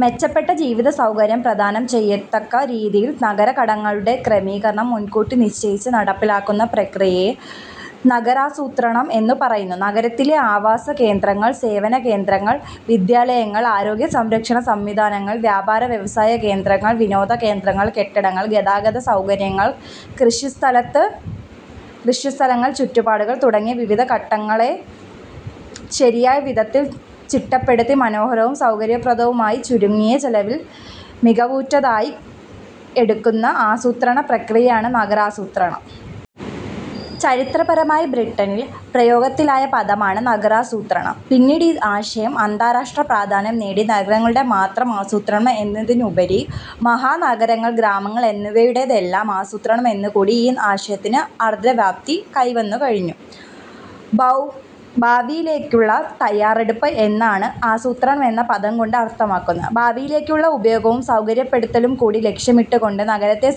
മെച്ചപ്പെട്ട ജീവിതസൗകര്യം പ്രദാനം ചെയ്യത്തക്ക രീതിയിൽ നഗരഘടകങ്ങളുടെ ക്രമീകരണം മുൻകൂട്ടി നിശ്ചയിച്ച് നടപ്പിലാക്കുന്ന പ്രക്രിയയെ നഗരാസൂത്രണം എന്നു പറയുന്നു. നഗരത്തിലെ ആവാസകേന്ദ്രങ്ങൾ, സേവനകേന്ദ്രങ്ങൾ, വിദ്യാലയങ്ങൾ, ആരോഗ്യസംരക്ഷണ സംവിധാനങ്ങൾ, വ്യാപാര-വ്യവസായ കേന്ദ്രങ്ങൾ, വിനോദകേന്ദ്രങ്ങൾ, കെട്ടിടങ്ങൾ, ഗതാഗതസൗകര്യങ്ങൾ, കൃഷിസ്ഥലങ്ങൾ, ചുറ്റുപാടുകൾ തുടങ്ങിയ വിവിധ ഘടകങ്ങളെ ശരിയായ വിധത്തിൽ ചിട്ടപ്പെടുത്തി, മനോഹരവും സൗകര്യപ്രദവുമായി, ചുരുങ്ങിയ ചെലവിൽ മികവുറ്റതാക്കിയെടുക്കുന്ന ആസൂത്രണ പ്രക്രിയയാണ് നഗരാസൂത്രണം. ചരിത്രപരമായി ബ്രിട്ടനിൽ പ്രയോഗത്തിലായ പദമാണ് നഗരാസൂത്രണം. പിന്നീട് ഈ ആശയം അന്താരാഷ്ട്ര പ്രാധാന്യം നേടി. നഗരങ്ങളുടെ മാത്രം ആസൂത്രണം എന്നതിനുപരി മഹാനഗരങ്ങൾ, ഗ്രാമങ്ങൾ എന്നിവയുടെയെല്ലാം ആസൂത്രണം എന്നുകൂടി ഈ ആശയത്തിന് അർഥവ്യാപ്തി കൈവന്നുകഴിഞ്ഞു. ഭാവിയിലേക്കുള്ള തയ്യാറെടുപ്പ് എന്നാണ് ആസൂത്രണം എന്ന പദംകൊണ്ട് അർഥമാക്കുന്നത്. ഭാവിയിലേക്കുള്ള ഉപയോഗവും സൗകര്യപ്പെടുത്തലുംകൂടി ലക്ഷ്യമിട്ടുകൊണ്ട് നഗരത്തെ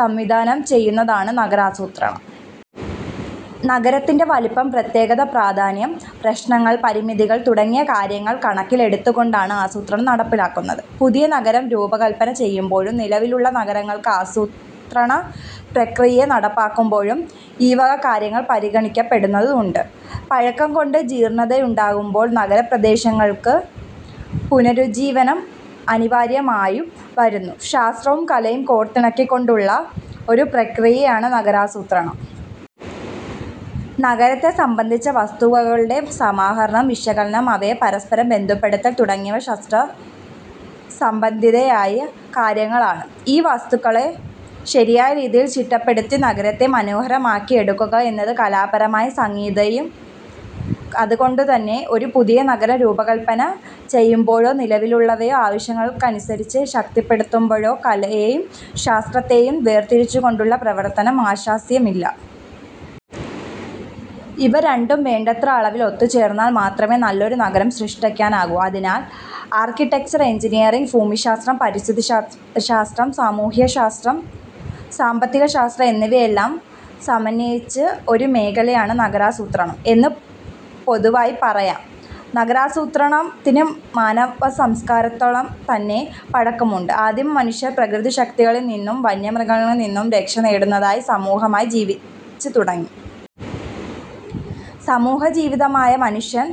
സംവിധാനം ചെയ്യുന്നതാണ് നഗരാസൂത്രണം. നഗരത്തിന്റെ വലിപ്പം, പ്രത്യേകത, പ്രാധാന്യം, പ്രശ്നങ്ങൾ, പരിമിതികൾ തുടങ്ങിയ കാര്യങ്ങൾ കണക്കിലെടുത്തുകൊണ്ടാണ് ആസൂത്രണം നടപ്പിലാക്കുന്നത്. പുതിയ നഗരം രൂപകല്പന ചെയ്യുമ്പോഴും നിലവിലുള്ള നഗരങ്ങൾക്ക് ആസൂത്രണപ്രക്രിയ നടപ്പാക്കുമ്പോഴും ഈവക കാര്യങ്ങൾ പരിഗണിക്കപ്പെടേണ്ടതുണ്ട്. പഴക്കംകൊണ്ട് ജീർണതയുണ്ടാകുമ്പോൾ നഗരപ്രദേശങ്ങൾക്ക് പുനരുജ്ജീവനം അനിവാര്യമായും വരുന്നു. ശാസ്ത്രവും കലയും കോർത്തിണക്കിക്കൊണ്ടുള്ള ഒരു പ്രക്രിയയാണ് നഗരാസൂത്രണം. നഗരത്തെ സംബന്ധിച്ച വസ്തുവകകളുടെ സമാഹരണം, വിശകലനം, അവയെ പരസ്പരം ബന്ധപ്പെടുത്തൽ തുടങ്ങിയവ ശാസ്ത്രസംബന്ധിയായ കാര്യങ്ങളാണ്. ഈ വസ്തുതകളെ ശരിയായ രീതിയിൽ ചിട്ടപ്പെടുത്തി നഗരത്തെ മനോഹരമാക്കിയെടുക്കുക എന്നത് കലാപരമായ സംഗതിയും. അതുകൊണ്ടുതന്നെ ഒരു പുതിയ നഗരം രൂപകല്പന ചെയ്യുമ്പോഴോ നിലവിലുള്ളവയെ ആവശ്യങ്ങൾക്കനുസരിച്ച് ശക്തിപ്പെടുത്തുമ്പോഴോ കലയെയും ശാസ്ത്രത്തെയും വേർതിരിച്ചുകൊണ്ടുള്ള പ്രവർത്തനം ആശാസ്യമല്ല. ഇവ രണ്ടും വേണ്ടത്ര അളവിൽ ഒത്തുചേർന്നാൽ മാത്രമേ നല്ലൊരു നഗരം സൃഷ്ടിക്കാനാകൂ. അതിനാൽ ആർക്കിടെക്ചർ, എൻജിനീയറിങ്, ഭൂമിശാസ്ത്രം, പരിസ്ഥിതിശാസ്ത്രം, സാമൂഹ്യശാസ്ത്രം, സാമ്പത്തികശാസ്ത്രം എന്നിവയെല്ലാം സമന്വയിച്ച ഒരു മേഖലയാണ് നഗരാസൂത്രണം എന്ന് പൊതുവായി പറയാം. നഗരാസൂത്രണത്തിന് മാനവസംസ്കാരത്തോളംതന്നെ പഴക്കമുണ്ട്. ആദിമമനുഷ്യൻ പ്രകൃതിശക്തികളിൽനിന്നും വന്യമൃഗങ്ങളിൽനിന്നും രക്ഷനേടുന്നതിനായി സമൂഹമായി ജീവിച്ചുതുടങ്ങി. സമൂഹജീവിയായ മനുഷ്യൻ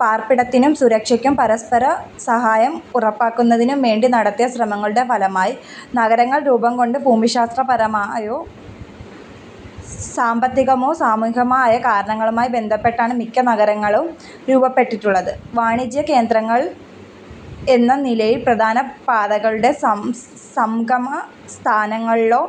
പാർപ്പിടത്തിനും സുരക്ഷയ്ക്കും പരസ്പരസഹായം ഉറപ്പാക്കുന്നതിനും വേണ്ടി നടത്തിയ ശ്രമങ്ങളുടെ ഫലമായി നഗരങ്ങൾ രൂപംകൊണ്ടു. ഭൂമിശാസ്ത്രപരമോ സാമ്പത്തികമോ സാമൂഹികമോ ആയ കാരണങ്ങളുമായി ബന്ധപ്പെട്ടാണ് മിക്ക നഗരങ്ങളും രൂപപ്പെട്ടിട്ടുള്ളത്. വാണിജ്യകേന്ദ്രങ്ങൾ എന്ന നിലയിൽ പ്രധാന പാതകളുടെ സംഗമസ്ഥാനങ്ങളിലോ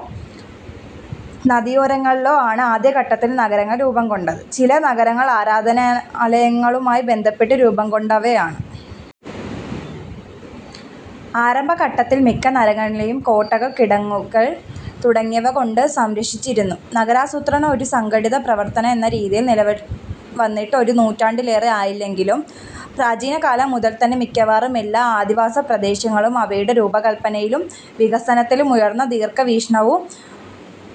നദിയോരങ്ങളിലോ ആണ് ആദ്യഘട്ടത്തിൽ നഗരങ്ങൾ രൂപംകൊണ്ടത്. ചില നഗരങ്ങൾ ആരാധനാലയങ്ങളുമായി ബന്ധപ്പെട്ട് രൂപംകൊണ്ടവയാണ്. ആരംഭഘട്ടത്തിൽ മിക്ക നഗരങ്ങളെയും കോട്ടകൾ, കിടങ്ങുകൾ തുടങ്ങിയവകൊണ്ട് സംരക്ഷിച്ചിരുന്നു. നഗരാസൂത്രണം ഒരു സംഘടിത പ്രവർത്തനം എന്ന രീതിയിൽ നിലവിൽവന്നിട്ട് ഒരു നൂറ്റാണ്ടിലേറെ ആയില്ലെങ്കിലും പ്രാചീനകാലം മുതൽതന്നെ മിക്കവാറും എല്ലാ അധിവാസപ്രദേശങ്ങളും അവയുടെ രൂപകല്പനയിലും വികസനത്തിലും ഉയർന്ന ദീർഘവീക്ഷണവും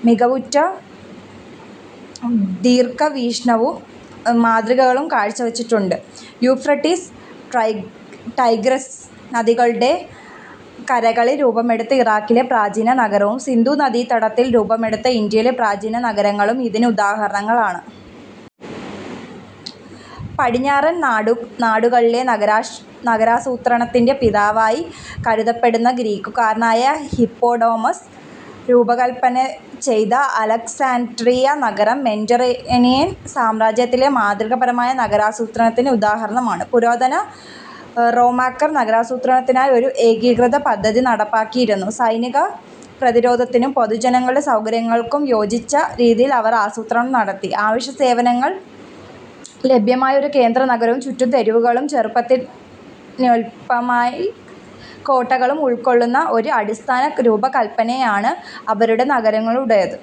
മികവുറ്റ മാതൃകകളും കാഴ്ചവച്ചിട്ടുണ്ട്. യൂഫ്രട്ടീസ്, ടൈഗ്രിസ് നദികളുടെ കരകളിൽ രൂപമെടുത്ത ഇറാഖിലെ പ്രാചീന നഗരങ്ങളും സിന്ധുനദീതടത്തിൽ രൂപമെടുത്ത ഇന്ത്യയിലെ പ്രാചീന നഗരങ്ങളും ഇതിന് ഉദാഹരണങ്ങളാണ്. പടിഞ്ഞാറൻ നാടുകളിലെ നഗരാസൂത്രണത്തിന്റെ പിതാവായി കരുതപ്പെടുന്ന ഗ്രീക്കുകാരനായ ഹിപ്പോഡാമസ് രൂപകല്പനചെയ്ത അലക്സാൻഡ്രിയ നഗരം മെഡിറ്ററേനിയൻ സാമ്രാജ്യത്തിലെ മാതൃകാപരമായ നഗരാസൂത്രണത്തിന് ഉദാഹരണമാണ്. പുരാതന റോമാക്കാർ നഗരാസൂത്രണത്തിനായി ഒരു ഏകീകൃത പദ്ധതി നടപ്പാക്കിയിരുന്നു. സൈനികപ്രതിരോധത്തിനും പൊതുജനങ്ങളുടെ സൗകര്യങ്ങൾക്കും യോജിച്ച രീതിയിൽ അവർ ആസൂത്രണം നടത്തി. അവശ്യസേവനങ്ങൾ ലഭ്യമായ ഒരു കേന്ദ്രനഗരവും ചുറ്റും തെരുവുകളും ചെറുത്തുനില്പിനായി കോട്ടകളും ഉൾക്കൊള്ളുന്ന ഒരു അടിസ്ഥാന രൂപകല്പനയാണ് അവരുടെ നഗരങ്ങളുടേത്.